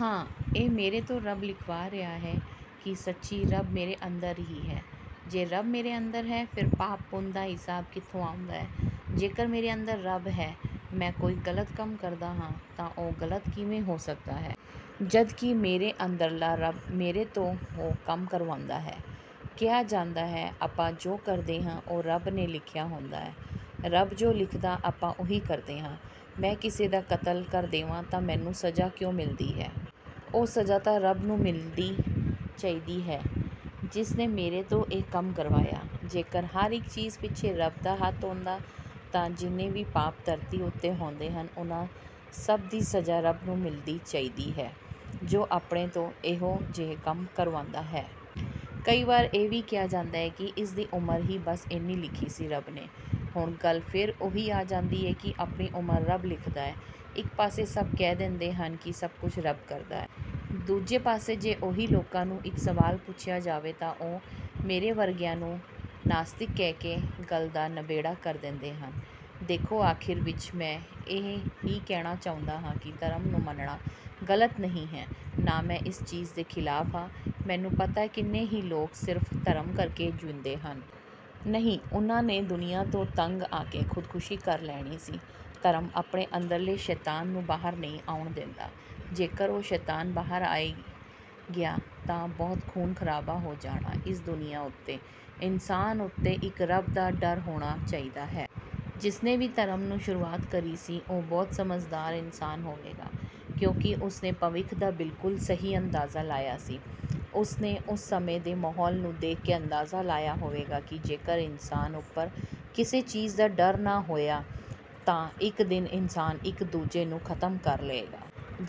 ਹਾਂ ਇਹ ਮੇਰੇ ਤੋਂ ਰੱਬ ਲਿਖਵਾ ਰਿਹਾ ਹੈ…? ਕੀ ਸੱਚੀ ਰੱਬ ਮੇਰੇ ਅੰਦਰ ਹੀ ਹੈ…? ਜੇ ਰੱਬ ਮੇਰੇ ਅੰਦਰ ਹੈ ਫਿਰ ਪਾਪ ਪੁੰਨ ਦਾ ਹਿਸਾਬ ਕਿੱਥੋਂ ਆਉਂਦਾ ਹੈ? ਜੇਕਰ ਮੇਰੇ ਅੰਦਰ ਰੱਬ ਹੈ, ਮੈਂ ਕੋਈ ਗਲਤ ਕੰਮ ਕਰਦਾਂ ਹਾਂ, ਤਾਂ ਉਹ ਗ਼ਲਤ ਕਿਵੇਂ ਹੋ ਸਕਦਾ? ਜਦਕਿ ਮੇਰੇ ਅੰਦਰਲਾ ਰੱਬ ਮੇਰੇ ਤੋਂ ਉਹ ਕੰਮ ਕਰਵਾਉਂਦਾ ਹੈ। ਕਿਹਾ ਜਾਂਦਾ ਹੈ ਆਪਾਂ ਜੋ ਕਰਦੇ ਹਾਂ ਉਹ ਰੱਬ ਨੇ ਲਿਖਿਆ ਹੁੰਦਾ ਹੈ। ਰੱਬ ਜੋ ਲਿਖਦਾ ਆਪਾਂ ਓਹੀ ਕਰਦੇ ਹਾਂ। ਮੈਂ ਕਿਸੇ ਦਾ ਕਤਲ ਕਰ ਦੇਵਾਂ ਤਾਂ ਮੈਨੂੰ ਸਜ਼ਾ ਕਿਉਂ ਮਿਲਦੀ ਹੈ। ਉਹ ਸਜ਼ਾ ਤਾਂ ਰੱਬ ਨੂੰ ਮਿਲਦੀ ਚਾਹੀਦੀ ਹੈ ਜਿਸ ਨੇ ਮੇਰੇ ਤੋਂ ਇਹ ਕੰਮ ਕਰਵਾਇਆ। ਜੇਕਰ ਹਰ ਇੱਕ ਚੀਜ਼ ਪਿੱਛੇ ਰੱਬ ਦਾ ਹੱਥ ਹੁੰਦਾ ਤਾਂ ਜਿੰਨੇ ਵੀ ਪਾਪ ਧਰਤੀ ਉੱਤੇ ਹੁੰਦੇ ਹਨ। ਉਹਨਾਂ ਸਭ ਦੀ ਸਜ਼ਾ ਰੱਬ ਨੂੰ ਮਿਲਦੀ ਚਾਹੀਦੀ ਹੈ, ਜੋ ਆਪਣੇ ਤੋਂ ਇਹੋ ਜਿਹੇ ਕੰਮ ਕਰਵਾਉਂਦਾ ਹੈ। ਕਈ ਵਾਰ ਇਹ ਵੀ ਕਿਹਾ ਜਾਂਦਾ ਹੈ ਕਿ ਇਸ ਦੀ ਉਮਰ ਹੀ ਬਸ ਏਨੀ ਲਿਖੀ ਸੀ ਰੱਬ ਨੇ, ਹੁਣ ਗੱਲ ਫੇਰ ਓਹੀ ਆ ਜਾਂਦੀ ਹੈ ਕੀ ਆਪਣੀ ਉਮਰ ਰੱਬ ਲਿਖਦਾਂ ਹੈ? ਇੱਕ ਪਾਸੇ ਸਭ ਕਹਿ ਦਿੰਦੇ ਹਨ ਕਿ ਸਭ ਕੁਝ ਰੱਬ ਕਰਦਾ ਹੈ। ਦੂਜੇ ਪਾਸੇ ਜੇ ਓਹੀ ਲੋਕਾਂ ਨੂੰ ਇੱਕ ਸਵਾਲ ਪੁੱਛਿਆ ਜਾਵੇ ਤਾਂ ਉਹ ਮੇਰੇ ਵਰਗਿਆਂ ਨੂੰ ਨਾਸਤਿਕ ਕਹਿ ਕੇ ਗੱਲ ਦਾ ਨਬੇੜਾ ਕਰ ਦਿੰਦੇ ਹਨ। ਦੇਖੋ ਆਖਿਰ ਵਿੱਚ ਮੈਂ ਇਹ ਹੀ ਕਹਿਣਾ ਚਾਹੁੰਦਾ ਹਾਂ ਕਿ ਧਰਮ ਨੂੰ ਮੰਨਣਾ ਗ਼ਲਤ ਨਹੀਂ ਹੈ, ਨਾ ਮੈਂ ਇਸ ਚੀਜ਼ ਦੇ ਖ਼ਿਲਾਫ਼ ਹਾਂ, ਮੈਨੂੰ ਪਤਾ ਕਿੰਨੇ ਹੀ ਲੋਕ ਸਿਰਫ਼ ਧਰਮ ਕਰਕੇ ਜਿਉਂਦੇ ਹਨ। ਨਹੀਂ ਉਹਨਾਂ ਨੇ ਦੁਨੀਆਂ ਤੋਂ ਤੰਗ ਆਕੇ ਖ਼ੁਦਖ਼ਸ਼ੀ ਕਰ ਲੈਣੀ ਸੀ, ਧਰਮ ਆਪਣੇ ਅੰਦਰਲੇ ਸ਼ੈਤਾਨ ਨੂੰ ਬਾਹਰ ਨਹੀਂ ਆਉਣ ਦਿੰਦਾ। ਜੇਕਰ ਉਹ ਸ਼ੈਤਾਨ ਬਾਹਰ ਆਏ ਗਿਆ ਤਾਂ ਬਹੁਤ ਖੂਨ ਖਰਾਬਾ ਹੋ ਜਾਣਾ ਇਸ ਦੁਨੀਆਂ ਉੱਤੇ, ਇਨਸਾਨ ਉੱਤੇ ਇੱਕ ਰੱਬ ਦਾ ਡਰ ਹੋਣਾ ਚਾਹੀਦਾ ਹੈ। ਜਿਸ ਨੇ ਵੀ ਧਰਮ ਨੂੰ ਸ਼ੁਰੂਆਤ ਕਰੀ ਸੀ, ਉਹ ਬਹੁਤ ਸਮਝਦਾਰ ਇਨਸਾਨ ਹੋਵੇਗਾ, ਕਿਉਂਕਿ ਉਸ ਨੇ ਭਵਿੱਖ ਦਾ ਬਿਲਕੁਲ ਸਹੀ ਅੰਦਾਜ਼ਾ ਲਾਇਆ ਸੀ। ਉਸਨੇ ਉਸ ਸਮੇਂ ਦੇ ਮਾਹੌਲ ਨੂੰ ਦੇਖ ਕੇ ਅੰਦਾਜ਼ਾ ਲਾਇਆ ਹੋਵੇਗਾ ਕੀ ਜੇਕਰ ਇਨਸਾਨ ਉਪਰ ਕਿਸੇ ਚੀਜ਼ ਦਾ ਡਰ ਨਾ ਹੋਇਆ ਤਾਂ ਇੱਕ ਦਿਨ ਇਨਸਾਨ ਇੱਕ ਦੂਜੇ ਨੂੰ ਖ਼ਤਮ ਕਰ ਲਏਗਾ।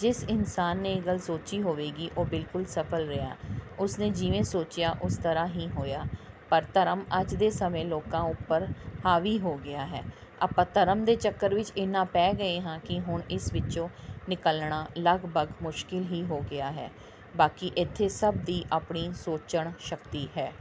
ਜਿਸ ਇਨਸਾਨ ਨੇ ਇਹ ਗੱਲ ਸੋਚੀ ਹੋਵੇਗੀ, ਉਹ ਬਿਲਕੁਲ ਸਫਲ ਰਿਹਾ। ਉਸ ਨੇ ਜਿਵੇਂ ਸੋਚਿਆ ਉਸ ਤਰ੍ਹਾ ਹੀ ਹੋਇਆ। ਪਰ ਧਰਮ ਅੱਜ ਦੇ ਸਮੇਂ ਲੋਕਾਂ ਉਪਰ ਹਾਵੀ ਹੋ ਗਿਆ ਹੈ। ਆਪਾਂ ਧਰਮ ਦੇ ਚੱਕਰ ਵਿੱਚ ਇਨ੍ਹਾਂ ਪੈ ਗਏ ਹਾਂ ਕੀ ਹੁਣ ਇਸ ਵਿੱਚੋਂ ਨਿਕਲਣਾ ਲੱਗਭਗ ਮੁਸ਼ਕਿਲ ਹੀ ਹੋ ਗਿਆ ਹੈ। ਬਾਕੀ ਏਥੇ ਸਭ ਦੀ ਆਪਣੀ ਸੋਚਣ ਸ਼ਕਤੀ ਹੈ।